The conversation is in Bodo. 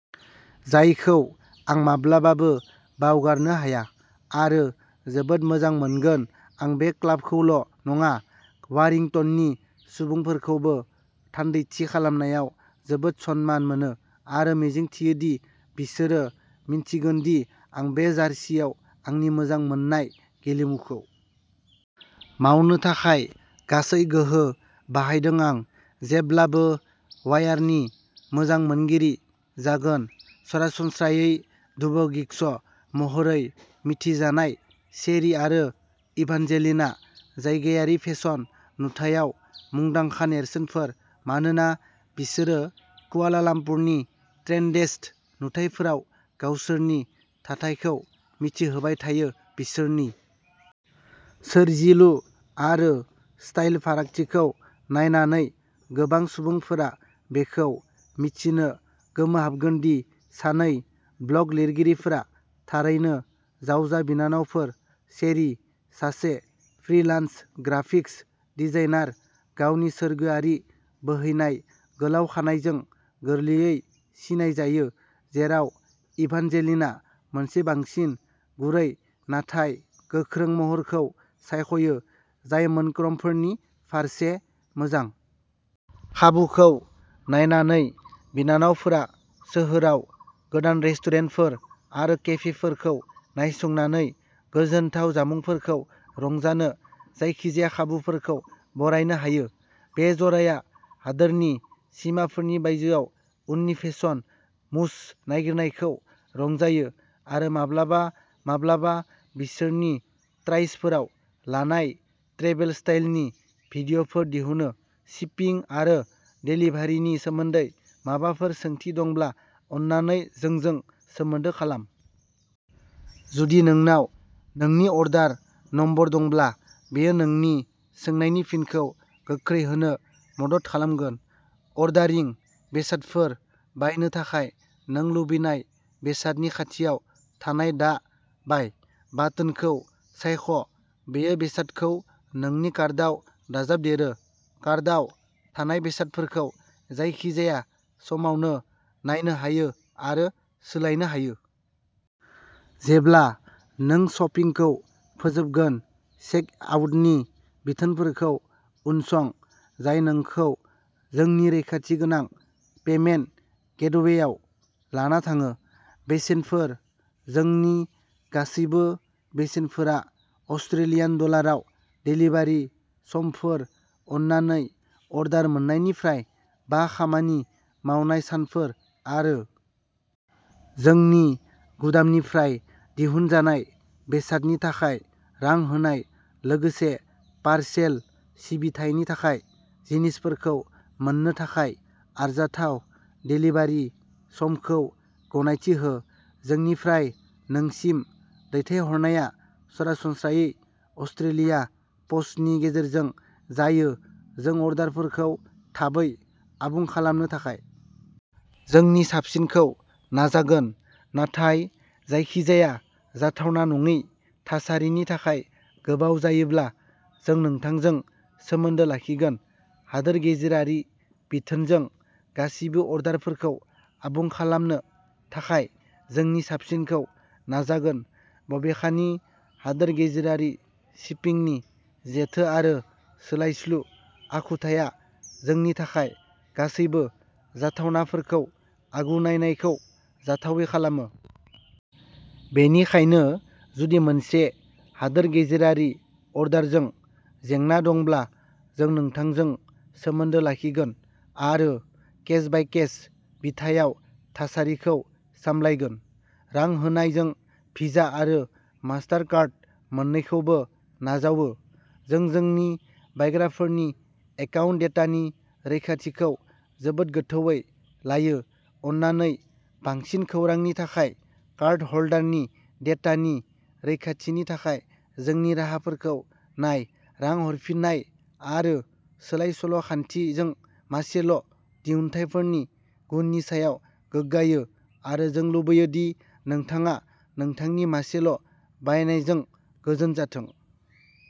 जायखौ आं माब्लाबाबो बावगारनो हाया आरो जोबोद मोजां मोनगोन आं बे क्लाबखौल' नङा वारिंटननि सुबुंफोरखौबो थान्दैथि खालामनायाव जोबोद सनमान मोनो आरो मिजिंथियो दि बिसोरो मिन्थिगोन दि आं बे जार्सीआव आंनि मोजां मोननाय गेलेमुखौ मावनो थाखाय गासै गोहो बाहायदों आं जेब्लाबो वायारनि मोजां मोनगिरि जागोन सरासनस्रायै डुव'गिग्स महरै मिथिजानाय चेरी आरो इभानजेलिनआ जायगायारि फेसन नुथायाव मुंदांखा नेरसोनफोर मानोना बिसोरो कुआलालाम्पुरनि ट्रेन्डेस्ट नुथायफोराव गावसोरनि थाथायखौ मिथिहोबाय थायो बिसोरनि सोरजिलु आरो स्टाइल फारागथिखौ नायनानै गोबां सुबुंफोरा बेखौ मिथिनो गोमोहाबगोन दि सानै ब्लग लिरगिरिफोरा थारैनो जावजा बिनानावफोर चेरी सासे फ्रीलान्स ग्राफिक्स डिजाइनार गावनि सोरगोआरि बोहैनाय गोलाव खानाइजों गोरलैयै सिनायजायो जेराव इभानजेलिनआ मोनसे बांसिन गुरै नाथाय गोख्रों महरखौ सायख'यो जाय मोन'क्र'मफोरनि फारसे मोजां। खाबुखौ नायनानै बिनानावफोरा सोहोराव गोदान रेस्टुरेन्टफोर आरो केफेफोरखौ नायसंनानै गोजोनथाव जामुंफोरखौ रंजानो जायखिजाया खाबुफोरखौ बरायनो हायो। बे जराया हादोरनि सिमाफोरनि बायजोआव उननि फेसन म्युज नागिरनायखौ रंजायो आरो माब्लाबा-माब्लाबा बिसोरनि ट्राइस्टफोराव लानाय ट्रेभेल स्टाइलनि भिडिय'फोर दिहुनो शिपिं आरो देलिभारिनि सोमोन्दै माबाफोर सोंथि दंब्ला अन्नानै जोंजों सोमोन्दो खालाम। जुदि नोंनाव नोंनि अर्डार नम्बर दंब्ला बेयो नोंनि सोंनायनि फिनखौ गोख्रै होनो मदद खालामगोन अर्डारिं बेसादफोर बायनो थाखाय नों लुबैनाय बेसादनि खाथियाव थानाय दा बाय बाटोनखौ सायख' बेयो बेसादखौ नोंनि कार्टआव दाजाबदेरो कार्टआव थानाय बेसादफोरखौ जायखिजाया समावनो नायनो हायो आरो सोलायनो हायो। जेब्ला नों शपिंखौ फोजोबगोन चेक आउटनि बिथोनफोरखौ उनसं जाय नोंखौ जोंनि रैखाथि गोनां पेमेन्ट गेटवेआव लाना थाङो। बेसेनफोर जोंनि गासैबो बेसेनफोरा अस्ट्रेलियान डलाराव देलिभारि समफोर अन्नानै अर्डार मोन्नायनिफ्राय बा खामानि मावनाय सानफोर आरो जोंनि गुदामनिफ्राय दिहुनजानाय बेसादनि थाखाय रां होनाय लोगोसे पारसेल सिबिथायनि थाखाय जिनिसफोरखौ मोन्नो थाखाय आरजाथाव देलिभारि समखौ गनायथि हो जोंनिफ्राय नोंसिम दैथायहरनाया सरासनस्रायै अस्ट्रेलिया पस्टनि गेजेरजों जायो जों अर्डारफोरखौ थाबै आबुं खालामनो थाखाय जोंनि साबसिनखौ नाजागोन नाथाय जायखिजाया जाथावना नङै थासारिनि थाखाय गोबाव जायोब्ला जों नोंथांजों सोमोन्दो लाखिगोन हादोर गेजेरारि बिथोन जों गासिबो अर्डारफोरखौ आबुं खालामनो थाखाय जोंनि साबसिनखौ नाजागोन बबेखानि हादोर गेजेरारि शिपिंनि जेथो आरो सोलायस्लु आखुथाया जोंनि थाखाय गासैबो जाथावनाफोरखौ आगु नायनायखौ जाथावै खालामो। बेनिखायनो जुदि मोनसे हादोर गेजेरारि अर्डारजों जेंना दंब्ला जों नोंथांजों सोमोन्दो लाखिगोन आरो केस बाय केस बिथायाव थासारिखौ सामलायगोन। रां होनाय जों भिजा आरो मास्टारकार्ड मोन्नैखौबो नाजावो। जों जोंनि बायग्राफोरनि एकाउन्ट डेटानि रैखाथिखौ जोबोद गोथौवै लायो अन्नानै बांसिन खौरांनि थाखाय कार्डहोल्डारनि डेटानि रैखाथिनि थाखाय जोंनि राहाफोरखौ नाय रां हरफिननाय आरो सोलाय सोल'खान्थि जों मासेल दिहुनथायफोरनि गुननि सायाव गोग्गायो आरो जों लुबैयो दि नोंथाङा नोंथांनि मासेल बायनायजों गोजोन जाथों।